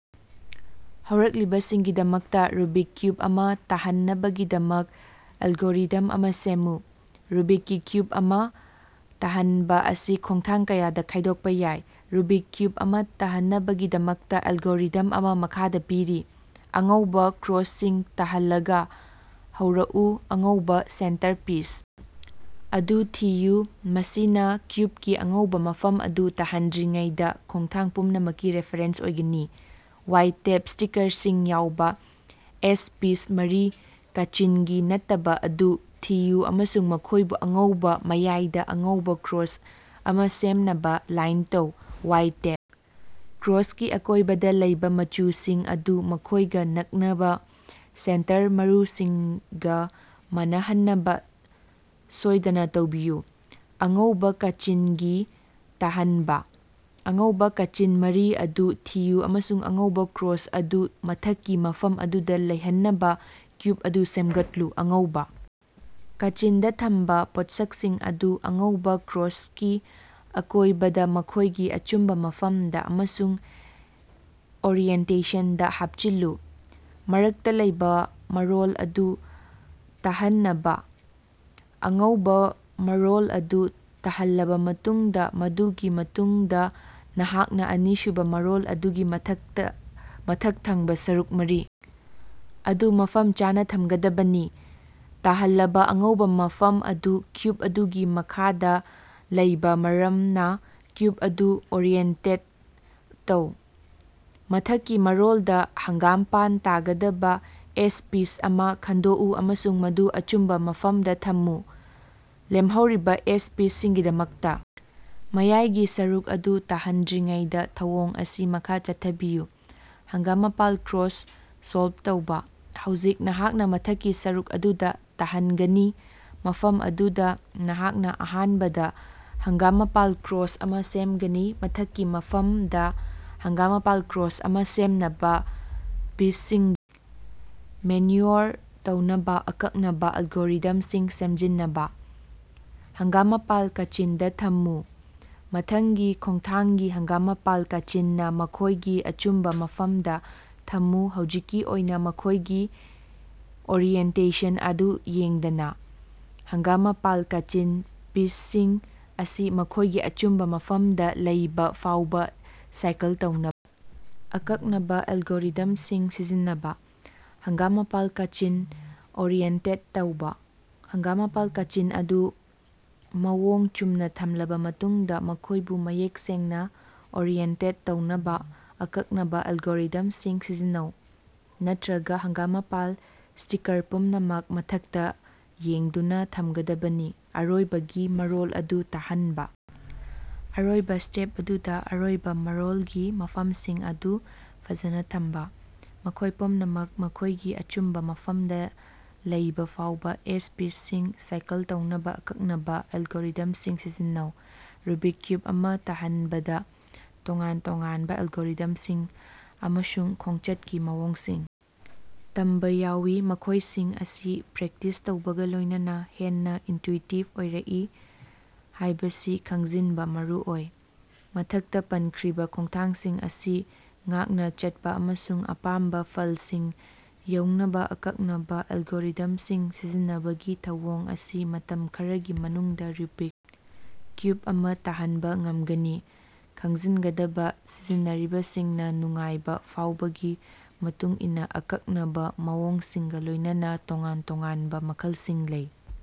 ꯍꯧꯔꯛꯂꯤꯕꯁꯤꯡꯒꯤꯗꯃꯛꯇ Rubik cube ꯑꯃ ꯇꯥꯍꯟꯅꯕꯒꯤꯗꯃꯛ algorithm ꯑꯃꯥ ꯁꯦꯝꯃꯨ꯫ ꯔꯨꯕꯤꯛꯀꯤ ꯀ꯭ꯌꯨꯕ ꯑꯃꯥ ꯇꯥꯍꯟꯕ ꯑꯁꯤ ꯈꯣꯡꯊꯥꯡ ꯀꯌꯥꯗ ꯈꯥꯢꯗꯣꯛꯄ ꯌꯥꯏ꯫ ꯔꯨꯕꯤꯛ ꯀ꯭ꯌꯨꯕ ꯑꯃ ꯇꯥꯍꯟꯅꯕꯒꯤꯗꯃꯛꯇ ꯑꯦꯂꯒꯣꯔꯤꯊꯝ ꯑꯃ ꯃꯈꯥꯗ ꯄꯤꯔꯤ: ꯑꯉꯧꯕꯥ ꯀ꯭ꯔꯣꯁ ꯁꯤꯡ ꯇꯍꯜꯂꯒ ꯍꯧꯔꯛꯎ ꯑꯉꯧꯕꯥ ꯁꯦꯟꯇꯔ ꯄꯤꯁ ꯑꯗꯨ ꯊꯤꯌꯨ ꯃꯁꯤꯅ ꯀ꯭ꯌꯨꯕꯀꯤ ꯑꯉꯧꯕ ꯃꯐꯝ ꯑꯗꯨ ꯇꯥꯍꯟꯗ꯭ꯔꯤꯉꯩꯗ ꯈꯣꯡꯊꯥꯡ ꯄꯨꯝꯅꯃꯛꯀꯤ ꯔꯦꯐꯥꯔꯦꯟꯁ ꯑꯣꯏꯒꯅꯤ꯫ ꯋꯥꯏꯇꯦꯞ ꯁ꯭ꯇꯤꯀꯥꯔꯁꯤꯡ ꯌꯥꯎꯕ ꯑꯦꯖ ꯄꯤꯁ ꯃꯔꯤ ꯀꯥꯆꯤꯟꯒꯤ ꯅꯠꯇꯕ ꯑꯗꯨ ꯊꯤꯌꯨ ꯑꯃꯁꯨꯡ ꯃꯈꯣꯏꯕꯨ ꯑꯉꯧꯕ ꯃꯌꯥꯏꯗ ꯑꯉꯧꯕꯥ ꯀ꯭ꯔꯣꯁ ꯑꯃ ꯁꯦꯝꯅꯕꯥ ꯂꯥꯏꯟ ꯇꯧ꯫ ꯋꯥꯏꯇꯦꯞ ꯀ꯭ꯔꯣꯁꯀꯤ ꯑꯀꯣꯢꯕꯗ ꯂꯩꯕ ꯃꯆꯨꯁꯤꯡ ꯑꯗꯨ ꯃꯈꯣꯢꯒ ꯅꯛꯅꯕ ꯁꯦꯟꯇꯔ ꯃꯔꯨꯁꯤꯡꯒ ꯃꯥꯟꯅꯍꯟꯅꯕ ꯁꯣꯢꯗꯅ ꯇꯧꯕꯤꯌꯨ꯫ ꯑꯉꯧꯕꯥ ꯀꯥꯆꯤꯟꯒꯤ ꯇꯥꯍꯟꯕ: ꯑꯉꯧꯕꯥ ꯀꯥꯆꯤꯟ ꯃꯔꯤ ꯑꯗꯨ ꯊꯤꯌꯨ ꯑꯃꯁꯨꯡ ꯑꯉꯧꯕ ꯀ꯭ꯔꯣꯁ ꯑꯗꯨ ꯃꯊꯛꯀꯤ ꯃꯐꯝ ꯑꯗꯨꯗ ꯂꯩꯍꯟꯅꯕ ꯀ꯭ꯌꯨꯕ ꯑꯗꯨ ꯁꯦꯝꯒꯠꯂꯨ ꯫ ꯑꯉꯧꯕꯥ ꯀꯥꯆꯤꯟꯗ ꯊꯝꯕꯥ ꯄꯣꯠꯁꯛꯁꯤꯡ ꯑꯗꯨ ꯑꯉꯧꯕꯥ ꯀ꯭ꯔꯣꯁꯀꯤ ꯑꯀꯣꯢꯕꯗ ꯃꯈꯣꯢꯒꯤ ꯑꯆꯨꯝꯕ ꯃꯐꯝꯗ ꯑꯃꯁꯨꯡ ꯑꯣꯔꯤꯑꯦꯟꯇꯦꯁꯟꯗꯥ ꯍꯥꯞꯆꯤꯜꯂꯨ꯫ ꯃꯔꯛꯇ ꯂꯩꯕꯥ ꯃꯔꯣꯜ ꯑꯗꯨ ꯇꯍꯟꯅꯕ: ꯑꯉꯧꯕꯥ ꯃꯔꯣꯜ ꯑꯗꯨ ꯇꯥꯍꯜꯂꯕ ꯃꯇꯨꯡꯗ ꯃꯗꯨꯒꯤ ꯃꯇꯨꯡꯗ ꯅꯍꯥꯛꯅ ꯑꯅꯤꯁꯨꯕ ꯃꯔꯣꯜ ꯑꯗꯨꯒꯤ ꯃꯊꯛ ꯊꯪꯕ ꯁꯔꯨꯛ ꯃꯔꯤ ꯑꯗꯨ ꯃꯐꯝ ꯆꯥꯅ ꯊꯝꯒꯗꯕꯅꯤ꯫ ꯇꯍꯜꯂꯕ ꯑꯉꯧꯕꯥ ꯃꯐꯝ ꯑꯗꯨ ꯀ꯭ꯌꯨꯕ ꯑꯗꯨꯒꯤ ꯃꯈꯥꯗ ꯂꯩꯕ ꯃꯔꯝꯅ ꯀ꯭ꯌꯨꯕ ꯑꯗꯨ ꯑꯣꯔꯤꯑꯦꯟꯇꯦꯠ ꯇꯧ꯫ ꯃꯊꯛꯀꯤ ꯃꯔꯣꯜꯗ ꯍꯪꯒꯥꯝꯄꯥꯟ ꯇꯗꯕ ꯑꯦꯖ ꯄꯤꯁ ꯑꯃ ꯈꯪꯗꯣꯛꯎ ꯑꯃꯁꯨꯡ ꯃꯗꯨ ꯑꯆꯨꯝꯕ ꯃꯐꯝꯗ ꯊꯝꯃꯨ꯫ ꯂꯦꯝꯍꯧꯔꯤꯕ ꯑꯦꯖ ꯄꯤꯁꯁꯤꯡꯒꯤꯗꯃꯛꯇ ꯃꯌꯥꯏꯒꯤ ꯁꯔꯨꯛ ꯑꯗꯨ ꯇꯍꯟꯗ꯭ꯔꯤꯉꯩꯗꯥ ꯊꯧꯑꯣꯡ ꯑꯁꯤ ꯃꯈꯥ ꯆꯠꯊꯕꯤꯌꯨ꯫ ꯍꯪꯒꯥꯃꯄꯥꯜ ꯀ꯭ꯔꯣꯁ ꯁꯣꯜꯕ ꯇꯧꯕꯥ: ꯍꯧꯖꯤꯛ ꯅꯍꯥꯛꯅ ꯃꯊꯛꯀꯤ ꯁꯔꯨꯛ ꯑꯗꯨꯗ ꯇꯍꯟꯒꯅꯤ ꯃꯐꯝ ꯑꯗꯨꯗ ꯅꯍꯥꯛꯅ ꯑꯍꯥꯟꯕꯗ ꯍꯣꯒꯥꯃꯄꯥꯜ ꯀ꯭ꯔꯣꯁ ꯑꯃ ꯁꯦꯝꯒꯅꯤ꯫ ꯃꯊꯛꯀꯤ ꯃꯐꯝꯗ ꯍꯪꯒꯥꯃꯄꯥꯜ ꯀ꯭ꯔꯣꯁ ꯑꯃ ꯁꯦꯝꯅꯕ ꯄꯤꯁꯁꯤꯡꯕꯨ ꯃꯦꯟꯌꯨꯑꯣꯔ ꯇꯧꯅꯕ ꯑꯀꯛꯅꯕ ꯑꯦꯂꯒꯣꯔꯤꯊꯝꯁꯤꯡ ꯁꯤꯖꯤꯟꯅꯕ꯫ ꯍꯪꯒꯥꯃꯄꯥꯜ ꯀꯥꯆꯤꯟꯗ ꯊꯝꯃꯨ: ꯃꯊꯪꯒꯤ ꯈꯣꯡꯊꯥꯡꯗꯤ ꯍꯪꯒꯥꯃꯄꯥꯜ ꯀꯥꯆꯤꯟꯅ ꯃꯈꯣꯢꯒꯤ ꯑꯆꯨꯝꯕ ꯃꯐꯝꯗ ꯊꯝꯃꯨ ꯍꯧꯖꯤꯛꯀꯤ ꯑꯣꯏꯅ ꯃꯈꯣꯢꯒꯤ ꯑꯣꯔꯤꯑꯦꯟꯇꯦꯁꯟ ꯑꯗꯨ ꯌꯦꯡꯗꯅ꯫ ꯍꯪꯒꯥꯃꯄꯥꯜ ꯀꯥꯆꯤꯟ ꯄꯤꯁꯁꯤꯡ ꯑꯁꯤ ꯃꯈꯣꯢꯒꯤ ꯑꯆꯨꯝꯕ ꯃꯐꯝꯗ ꯂꯩꯕ ꯐꯥꯎꯕ ꯁꯥꯏꯀꯜ ꯇꯧꯅꯕ ꯑꯀꯛꯅꯕ ꯑꯦꯂꯒꯣꯔꯤꯊꯝꯁꯤꯡ ꯁꯤꯖꯤꯟꯅꯕ꯫ ꯍꯪꯒꯥꯃꯄꯥꯜ ꯀꯥꯆꯤꯟ ꯑꯣꯔꯤꯑꯦꯟꯇꯦꯠ ꯇꯧꯕꯥ: ꯍꯪꯒꯥꯃꯄꯥꯜ ꯀꯥꯆꯤꯟ ꯑꯗꯨ ꯃꯑꯣꯡ ꯆꯨꯝꯅ ꯊꯝꯂꯕ ꯃꯇꯨꯡꯗ ꯃꯈꯣꯢꯕꯨ ꯃꯌꯦꯛ ꯁꯦꯡꯅ ꯑꯣꯔꯤꯑꯦꯟꯇꯦꯠ ꯇꯧꯅꯕ ꯑꯀꯛꯅꯕ ꯑꯦꯂꯒꯣꯔꯤꯊꯝꯁꯤꯡ ꯁꯤꯖꯤꯟꯅꯧ ꯅꯠꯠꯔꯒ ꯍꯪꯒꯥꯃꯄꯥꯜ ꯁ꯭ꯇꯤꯀꯥꯔ ꯄꯨꯝꯅꯃꯛ ꯃꯊꯛꯇ ꯌꯦꯡꯗꯨꯅ ꯊꯝꯒꯗꯕꯅꯤ꯫ ꯑꯔꯣꯏꯕꯒꯤ ꯃꯔꯣꯜ ꯑꯗꯨ ꯇꯥꯍꯟꯕ: ꯑꯔꯣꯏꯕꯥ ꯁ꯭ꯇꯦꯞ ꯑꯗꯨꯗ ꯑꯔꯣꯏꯕꯥ ꯃꯔꯣꯜꯒꯤ ꯃꯐꯝꯁꯤꯡ ꯑꯗꯨ ꯐꯖꯥꯅ ꯊꯝꯕ꯫ ꯃꯈꯣꯢ ꯄꯨꯝꯅꯃꯛ ꯃꯈꯣꯢꯒꯤ ꯑꯆꯨꯝꯕ ꯃꯐꯝꯗ ꯂꯩꯕ ꯐꯥꯎꯕ ꯑꯦꯖ ꯄꯤꯁꯁꯤꯡ ꯁꯥꯏꯀꯜ ꯇꯧꯅꯕ ꯑꯀꯛꯅꯕ ꯑꯦꯂꯒꯣꯔꯤꯊꯝꯁꯤꯡ ꯁꯤꯖꯤꯟꯅꯧ꯫ ꯔꯨꯕꯤꯛ ꯀ꯭ꯌꯨꯕ ꯑꯃ ꯇꯍꯟꯕꯗ ꯇꯣꯉꯥꯟ ꯇꯣꯉꯥꯟꯕ ꯑꯦꯂꯒꯣꯔꯤꯊꯝꯁꯤꯡ ꯑꯃꯁꯨꯡ ꯈꯣꯡꯆꯠꯀꯤ ꯃꯑꯣꯡꯁꯤꯡ ꯇꯝꯕ ꯌꯥꯎꯏ ꯃꯈꯣꯢꯁꯤꯡ ꯑꯁꯤ ꯄ꯭ꯔꯦꯛꯇꯤꯁ ꯇꯧꯕꯒ ꯂꯣꯢꯅꯅꯥ ꯍꯦꯟꯅ ꯏꯟꯇꯌꯨꯏꯇꯤꯕ ꯑꯣꯏꯔꯛꯏ ꯍꯥꯢꯕꯁꯤ ꯈꯪꯖꯤꯟꯕ ꯃꯔꯨ ꯑꯣꯏ꯫ ꯃꯊꯛꯇꯥ ꯄꯟꯈ꯭ꯔꯤꯕ ꯈꯣꯡꯊꯥꯡꯁꯤꯡ ꯑꯁꯤ ꯉꯥꯛꯅ ꯆꯠꯄꯥ ꯑꯃꯁꯨꯡ ꯑꯄꯥꯝꯕꯥ ꯐꯜꯁꯤꯡ ꯌꯧꯅꯕꯥ ꯑꯀꯛꯅꯕꯥ ꯑꯦꯂꯒꯣꯔꯤꯊꯝꯁꯤꯡ ꯁꯤꯖꯤꯟꯅꯕꯒꯤ ꯊꯧꯑꯣꯡ ꯑꯁꯤꯅ ꯃꯇꯝ ꯈꯔꯒꯤ ꯃꯅꯨꯡꯗ ꯔꯨꯕꯤꯛ ꯀ꯭ꯌꯨꯕ ꯑꯃ ꯇꯥꯍꯟꯕ ꯉꯝꯒꯅꯤ꯫ ꯈꯪꯖꯤꯟꯒꯗꯕ ꯁꯤꯖꯤꯟꯅꯔꯤꯕꯁꯤꯡꯅ ꯅꯨꯡꯉꯥꯏꯕ ꯐꯥꯎꯕꯒꯤ ꯃꯇꯨꯡꯏꯟꯅ ꯑꯀꯛꯅꯕ ꯃꯑꯣꯡꯁꯤꯡꯒꯥ ꯂꯣꯢꯅꯅꯥ ꯇꯣꯉꯥꯟ-ꯇꯣꯉꯥꯟꯕ ꯃꯈꯜꯁꯤꯡ ꯂꯩ꯫